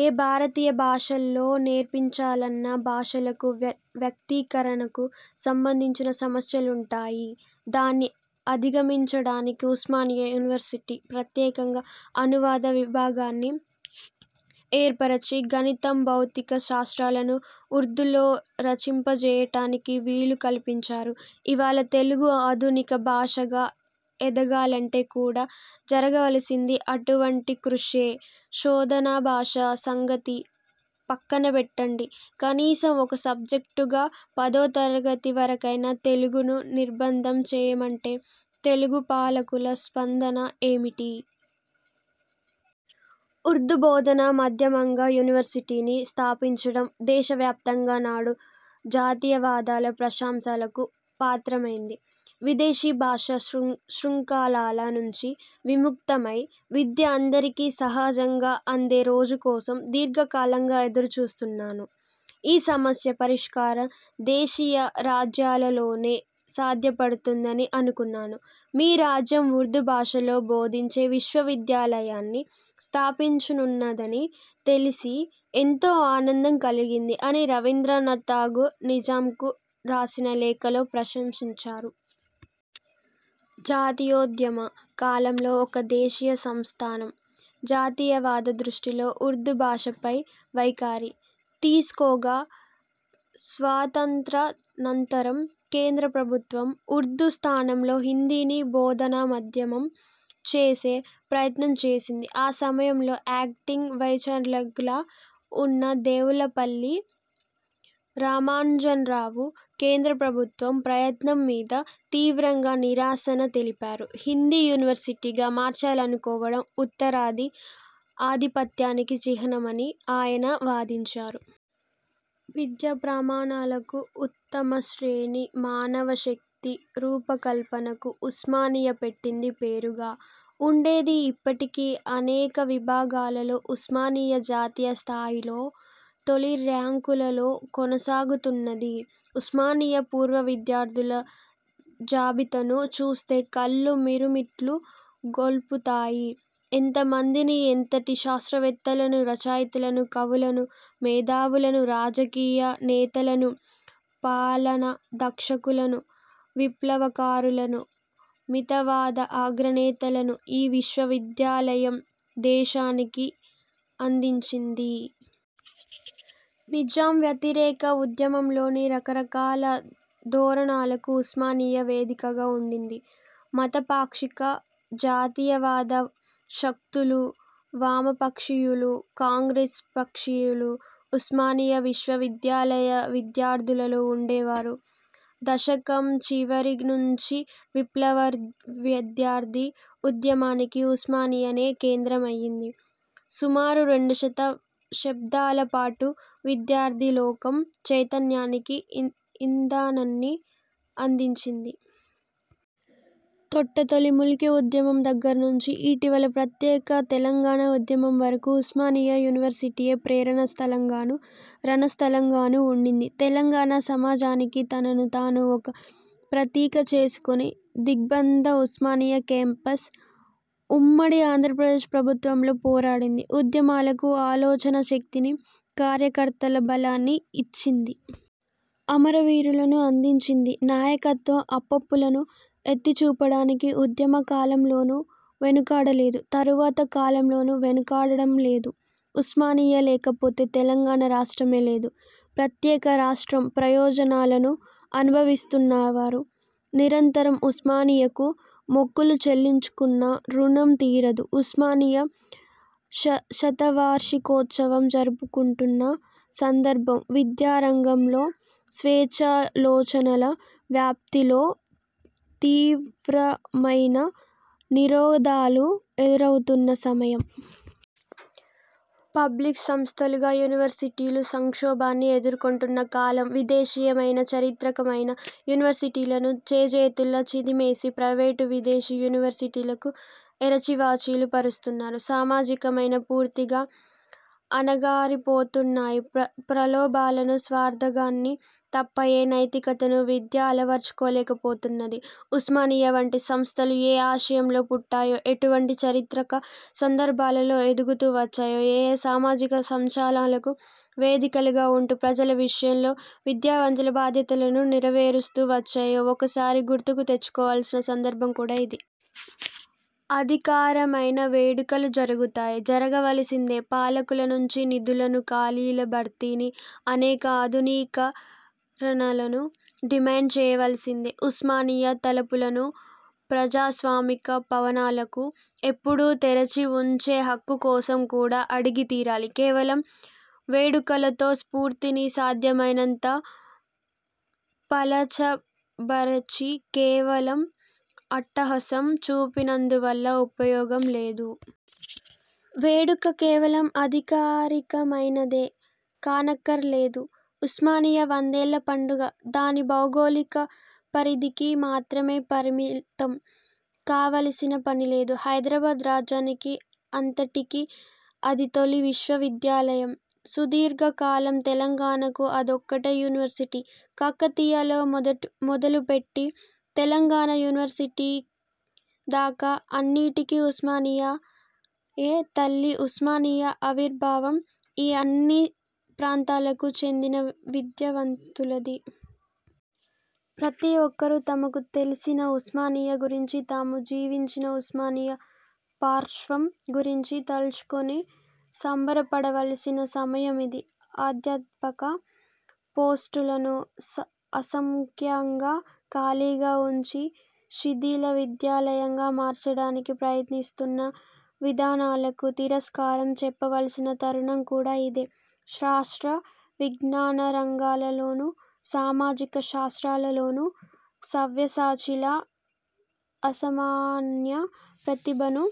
ఏ భారతీయ భాషలో నేర్పించాలన్నా భాషకు, వ్యక్తీకరణకు సంబంధించిన సమస్యలుంటాయి. దాన్ని అధిగమించడానికి ఉస్మానియా యూనివర్సిటీ ప్రత్యేకంగా అనువాద విభాగాన్ని ఏర్పరచి, గణితం, భౌతిక శాస్త్రాలను ఉర్దూలో రచింపజేయడానికి వీలు కల్పించారు. ఇవాళ తెలుగు ఆధునిక భాషగా ఎదగాలంటే కూడా జరగవలసింది అటువంటి కృషే. షోధనాభాష సంగతి పక్కనపెట్టండి, కనీసం ఒక సబ్జెక్టుగా పదోతరగతి వరకైనా తెలుగును నిర్బంధం చేయమంటే తెలుగుపాలకుల స్పందన ఏమిటి? ఉర్దూ బోధనా మాధ్యమంగా యూనివర్సిటీని స్థాపించడం దేశవ్యాప్తంగా నాడు జాతీయవాదుల ప్రశంసలకు పాత్రమైంది. ''విదేశీ భాష శృంఖలాల నుంచి విముక్తమై, విద్య అందరికీ సహజంగా అందే రోజు కోసం దీర్ఘకాలంగా ఎదురుచూస్తున్నాను. ఈ సమస్య పరిష్కారం దేశీయ రాజ్యాలలోనే సాధ్యపడుతుందని అనుకున్నాను. మీ రాజ్యం ఉర్దూ భాషలో బోధించే విశ్వవిద్యాలయాన్ని స్థాపించనున్నదని తెలిసి ఎంతో ఆనందం కలిగింది'' అని రవీంద్రనాథ్ టాగూర్ నిజామ్కు రాసిన లేఖలో ప్రశంసించారు. జాతీయోద్యమ కాలంలో ఒక దేశీయ సంస్థానం జాతీయవాద దృష్టితో ఉర్దూభాషపై వైఖరి తీసుకోగా, స్వాతంత్రానంతరం కేంద్రప్రభుత్వం ఉర్దూ స్థానంలో హిందీని బోధనామాధ్యమం చేసే ప్రయత్నం చేసింది. ఆ సమయంలో యాక్టింగ్ వైస్చాన్స్లర్గా ఉన్న దేవులపల్లి రామానుజరావు కేంద్రప్రభుత్వ ప్రయత్నం మీద తీవ్రంగా నిరసన తెలిపారు. హిందీ యూనివర్సిటీగా మార్చాలనుకోవడం ఉత్తరాది ఆధిపత్యానికి చిహ్నమని ఆయన వాదించారు. విద్యాప్రమాణాలకు, ఉత్తమశ్రేణి మానవశక్తి రూపకల్పనకు ఉస్మానియా పెట్టింది పేరుగా ఉండేది. ఇప్పటికీ అనేక విభాగాలలో ఉస్మానియా జాతీయస్థాయిలో తొలిర్యాంకులలో కొనసాగుతున్నది. ఉస్మానియా పూర్వవిద్యార్థుల జాబితాను చూస్తే కళ్లు మిరుమిట్లు గొల్పుతాయి. ఎంతమందిని, ఎంతటి శాస్త్రవేత్తలను, రచయితలను, కవులను, మేధావులను, రాజకీయనేతలను, పాలనాదక్షులను, విప్లవకారులను, మితవాద అగ్రనేతలను ఈ విశ్వవిద్యాలయం దేశానికి అందించింది! నిజాం వ్యతిరేక ఉద్యమంలోని రకరకాల ధోరణలకు ఉస్మానియా వేదికగా ఉండింది. మతపాక్షిక జాతీయవాద శక్తులు, వామపక్షీయులు, కాంగ్రెస్ పక్షీయులు ఉస్మానియా విశ్వవిద్యాలయ విద్యార్థులలో ఉండేవారు. దశకం చివరినుంచి విప్లవవిద్యార్థి ఉద్యమానికి ఉస్మానియానే కేంద్రం అయింది. సుమారు రెండు దశాబ్దాల పాటు విద్యార్థిలోకం చైతన్యానికి ఇంధనాన్ని అందించింది. తొట్టతొలి ముల్కీ ఉద్యమం దగ్గరనుంచి ఇటీవలి ప్రత్యేక తెలంగాణ ఉద్యమం వరకు ఉస్మానియా యూనివర్సిటీయే ప్రేరణ స్థలంగానూ, రణస్థలంగానూ ఉండింది. తెలంగాణ సమాజానికి తనను తాను ఒక ప్రతీక చేసుకుని, దిగ్బంధ ఉస్మానియా కేంపస్ ఉమ్మడి ఆంధ్రప్రదేశ్ ప్రభుత్వంతో పోరాడింది. ఉద్యమాలకు ఆలోచనాశక్తిని, కార్యకర్తల బలాన్ని ఇచ్చింది. అమరవీరులనూ అందించింది. నాయకత్వం తప్పొప్పులను ఎత్తిచూపడానికి ఉద్యమకాలంలోనూ వెనుకాడలేదు, తరువాత కాలంలోనూ వెనుకాడడంలేదు. ఉస్మానియా లేకపోతే తెలంగాణ రాష్ట్రమే లేదు. ప్రత్యేకరాష్ట్రం ప్రయోజనాలను అనుభవిస్తున్నవారు నిరంతరం ఉస్మానియాకు మొక్కులు చెల్లించుకున్నా రుణం తీరదు. ఉస్మానియా శతవార్షికోత్సవం జరుపుకుంటున్న సందర్భం విద్యారంగంలో, స్వేచ్ఛాలోచనల వ్యాప్తిలో తీవ్రమయిన నిరోధాలు ఎదురవుతున్న సమయం. పబ్లిక్ సంస్థలుగా యూనివర్సిటీలు సంక్షోభాన్ని ఎదుర్కొంటున్న కాలం. విదేశీయమైన, చారిత్రకమయిన యూనివర్సిటీలను చేజేతులా చిదిమివేసి, ప్రైవేటు, విదేశీ యూనివర్సిటీలకు ఎర్రతివాచీలు పరుస్తున్నారు. సామాజికశాస్త్రాలు పూర్తిగా అణగారిపోతున్నాయి. ప్రలోభాలను, స్వార్థాన్ని తప్ప ఏ నైతికతనూ విద్య అలవర్చలేకపోతున్నది. ఉస్మానియా వంటి సంస్థలు ఏ ఆశయాలతో పుట్టాయో, ఎటువంటి చారిత్రక సందర్భాలలో ఎదుగుతూ వచ్చాయో, ఏ ఏ సామాజిక సంచలనాలకు వేదికలుగా ఉంటూ, ప్రజల విషయంలో విద్యావంతుల బాధ్యతలను నెరవేరుస్తూ వచ్చాయో ఒకసారి గుర్తుకు తెచ్చుకోవలసిన సందర్భం కూడా ఇది. అధికారికమైన వేడుకలు జరుగుతాయి. జరగవలసిందే. పాలకులనుంచి నిధులను, ఖాళీల భర్తీని, అనేక ఆధునికీకరణలను డిమాండ్ చేయవలసిందే. ఉస్మానియా తలుపులను ప్రజాస్వామిక పవనాలకు ఎప్పుడూ తెరచి ఉంచే హక్కు కోసం కూడా అడిగి తీరాలి. కేవలం వేడుకలతో, స్ఫూర్తిని సాధ్యమైనంత పలచబరచి, కేవలం అట్టహాసం చూపినందువల్ల ఉపయోగం లేదు. వేడుక కేవలం అధికారికమైనదే కానక్కరలేదు. ఉస్మానియా వందేళ్ల పండుగ దాని భౌగోళిక పరిధికి మాత్రమే పరిమితం కావలసిన పనిలేదు. హైదరాబాద్ రాజ్యానికి అంతటికీ అది తొలి విశ్వవిద్యాలయం. సుదీర్ఘకాలం తెలంగాణకు అదొక్కటే యూనివర్సిటీ. కాకతీయతో మొదలుపెట్టి, తెలంగాణ యూనివర్సిటీ దాకా అన్నిటికీ ఉస్మానియాయే తల్లి. ఉస్మానియా ఆవిర్భావం ఈ అన్ని ప్రాంతాలకు చెందిన విద్యావంతులదీ. ప్రతి ఒక్కరూ తమకు తెలిసిన ఉస్మానియా గురించి, తాము జీవించిన ఉస్మానియా పార్శ్వం గురించీ తలచుకుని సంబరపడవలసిన సమయం ఇది. అధ్యాపక పోస్టులను అసంఖ్యాకంగా ఖాళీగా ఉంచి, శిథిల విద్యాలయంగా మార్చడానికి ప్రయత్నిస్తున్న విధానాలకు తిరస్కారం చెప్పవలసిన తరుణం కూడా ఇదే. శాస్త్రవిజ్ఞాన రంగాలలోను, సామాజిక శాస్త్రాలలోను సవ్యసాచిలా అసామాన్య ప్రతిభలను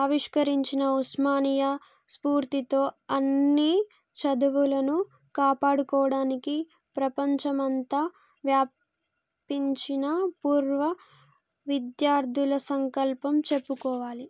ఆవిష్కరించిన ఉస్మానియా స్ఫూర్తితో, అన్ని చదువులను కాపాడుకోవడానికి ప్రపంచమంతా వ్యాపించిన పూర్వవిద్యార్థులు సంకల్పం చెప్పుకోవాలి.